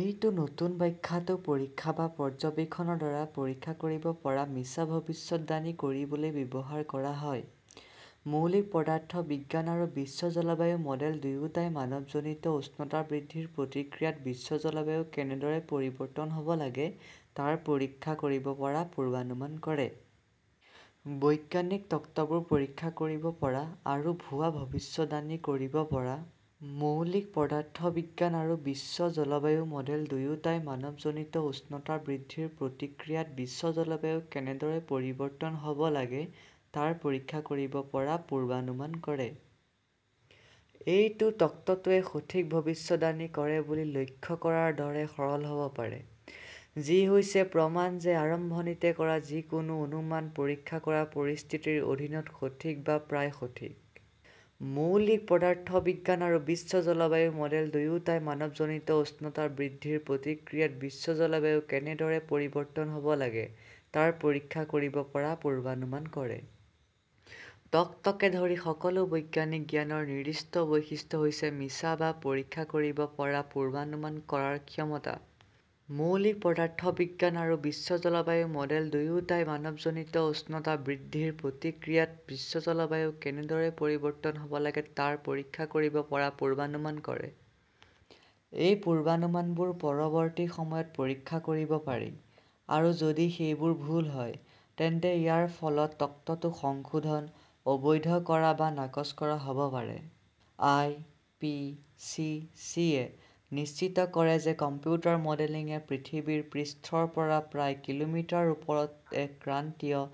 এই নতুন ব্যাখ্যাটো পৰীক্ষা বা পৰ্যবেক্ষণৰ দ্বাৰা পৰীক্ষা কৰিব পৰা মিছা ভৱিষ্যদ্বাণী কৰিবলৈ ব্যৱহাৰ কৰা হয়। মৌলিক পদাৰ্থ বিজ্ঞান আৰু বিশ্ব জলবায়ু মডেল দুয়োটাই মানৱজনিত উষ্ণতা বৃদ্ধিৰ প্ৰতিক্ৰিয়াত বিশ্ব জলবায়ু কেনেদৰে পৰিৱৰ্তন হ 'ব লাগে তাৰ পৰীক্ষা কৰিব পৰা পূৰ্বানুমান কৰে। বৈজ্ঞানিক তত্ত্ববোৰ পৰীক্ষা কৰিব পৰা আৰু ভুৱা ভৱিষ্যদ্বাণী কৰিব পৰা। মৌলিক পদাৰ্থ বিজ্ঞান আৰু বিশ্ব জলবায়ু মডেল দুয়োটাই মানৱজনিত উষ্ণতা বৃদ্ধিৰ প্ৰতিক্ৰিয়াত বিশ্ব জলবায়ু কেনেদৰে পৰিৱৰ্তন হ 'ব লাগে তাৰ পৰীক্ষা কৰিব পৰা পূৰ্বানুমান কৰে। এইটো তত্ত্বটোৱে সঠিক ভৱিষ্যদ্বাণী কৰে বুলি লক্ষ্য কৰাৰ দৰে সৰল হ 'ব পাৰে, যি হৈছে প্ৰমাণ যে আৰম্ভণিতে কৰা যিকোনো অনুমান পৰীক্ষা কৰা পৰিস্থিতিৰ অধীনত সঠিক বা প্ৰায় সঠিক। মৌলিক পদাৰ্থ বিজ্ঞান আৰু বিশ্ব জলবায়ু মডেল দুয়োটাই মানৱজনিত উষ্ণতা বৃদ্ধিৰ প্ৰতিক্ৰিয়াত বিশ্ব জলবায়ু কেনেদৰে পৰিৱৰ্তন হ 'ব লাগে তাৰ পৰীক্ষা কৰিব পৰা পূৰ্বানুমান কৰে। তত্ত্বকে ধৰি সকলো বৈজ্ঞানিক জ্ঞানৰ নিৰ্দিষ্ট বৈশিষ্ট্য হৈছে মিছা বা পৰীক্ষা কৰিব পৰা পূৰ্বানুমান কৰাৰ ক্ষমতা। মৌলিক পদাৰ্থ বিজ্ঞান আৰু বিশ্ব জলবায়ু মডেল দুয়োটাই মানৱজনিত উষ্ণতা বৃদ্ধিৰ প্ৰতিক্ৰিয়াত বিশ্ব জলবায়ু কেনেদৰে পৰিৱৰ্তন হ 'ব লাগে তাৰ পৰীক্ষা কৰিব পৰা পূৰ্বানুমান কৰে। এই পূৰ্বানুমানবোৰ পৰৱৰ্তী সময়ত পৰীক্ষা কৰিব পাৰি, আৰু যদি সেইবোৰ ভুল হয়, তেন্তে ইয়াৰ ফলত তত্ত্বটো সংশোধন, অবৈধ কৰা বা নাকচ কৰা হ 'ব পাৰে। আই. পি. চি. চি. -য়ে নিশ্চিত কৰে যে কম্পিউটাৰ মডেলিংয়ে পৃথিৱীৰ পৃষ্ঠৰ পৰা প্ৰায় কিলোমিটাৰ ওপৰত এক ক্ৰান্তীয়,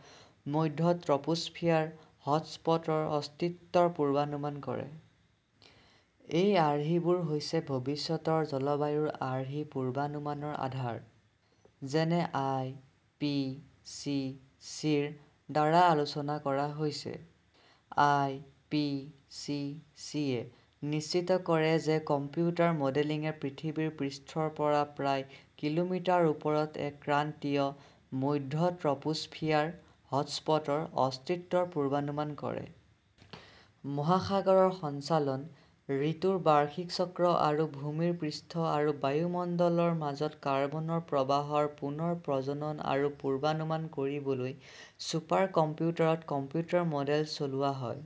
মধ্য-ট্ৰপোস্ফিয়াৰ "হট স্পট" ৰ অস্তিত্বৰ পূৰ্বানুমান কৰে। এই আৰ্হিবোৰ হৈছে ভৱিষ্যতৰ জলবায়ুৰ আৰ্হি পূৰ্বানুমানৰ আধাৰ, যেনে আই. পি. চি. চি. -ৰ দ্বাৰা আলোচনা কৰা হৈছে। আই. পি. চি. চি. -য়ে নিশ্চিত কৰে যে কম্পিউটাৰ মডেলিংয়ে পৃথিৱীৰ পৃষ্ঠৰ পৰা প্ৰায় কিলোমিটাৰ ওপৰত এক ক্ৰান্তীয়, মধ্য-ট্ৰপোস্ফিয়াৰ "হট স্পট" ৰ অস্তিত্বৰ পূৰ্বানুমান কৰে। মহাসাগৰৰ সঞ্চালন, ঋতুৰ বাৰ্ষিক চক্ৰ আৰু ভূমিৰ পৃষ্ঠ আৰু বায়ুমণ্ডলৰ মাজত কাৰ্বনৰ প্ৰৱাহৰ পুনৰ প্ৰজনন আৰু পূৰ্বানুমান কৰিবলৈ ছুপাৰ কম্পিউটাৰত কম্পিউটাৰ মডেল চলোৱা হয়।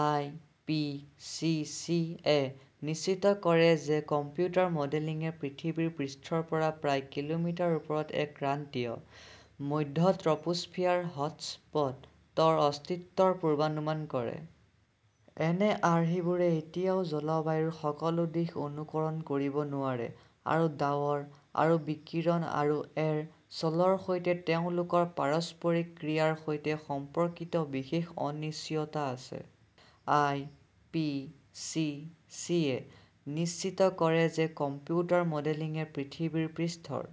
আই. পি. চি. চি. -য়ে নিশ্চিত কৰে যে কম্পিউটাৰ মডেলিংয়ে পৃথিৱীৰ পৃষ্ঠৰ পৰা প্ৰায় কিলোমিটাৰ ওপৰত এক ক্ৰান্তীয়, মধ্য-ট্ৰপোস্ফিয়াৰ "হট স্পট" ৰ অস্তিত্বৰ পূৰ্বানুমান কৰে। এনে আৰ্হিবোৰে এতিয়াও জলবায়ুৰ সকলো দিশ অনুকৰণ কৰিব নোৱাৰে আৰু ডাৱৰ আৰু বিকিৰণ আৰু এৰ "ছলৰ সৈতে তেওঁলোকৰ পাৰস্পৰিক ক্ৰিয়াৰ সৈতে সম্পৰ্কিত বিশেষ অনিশ্চয়তা আছে। আই. পি. চি. চি. -য়ে নিশ্চিত কৰে যে কম্পিউটাৰ মডেলিংয়ে পৃথিৱীৰ পৃষ্ঠৰ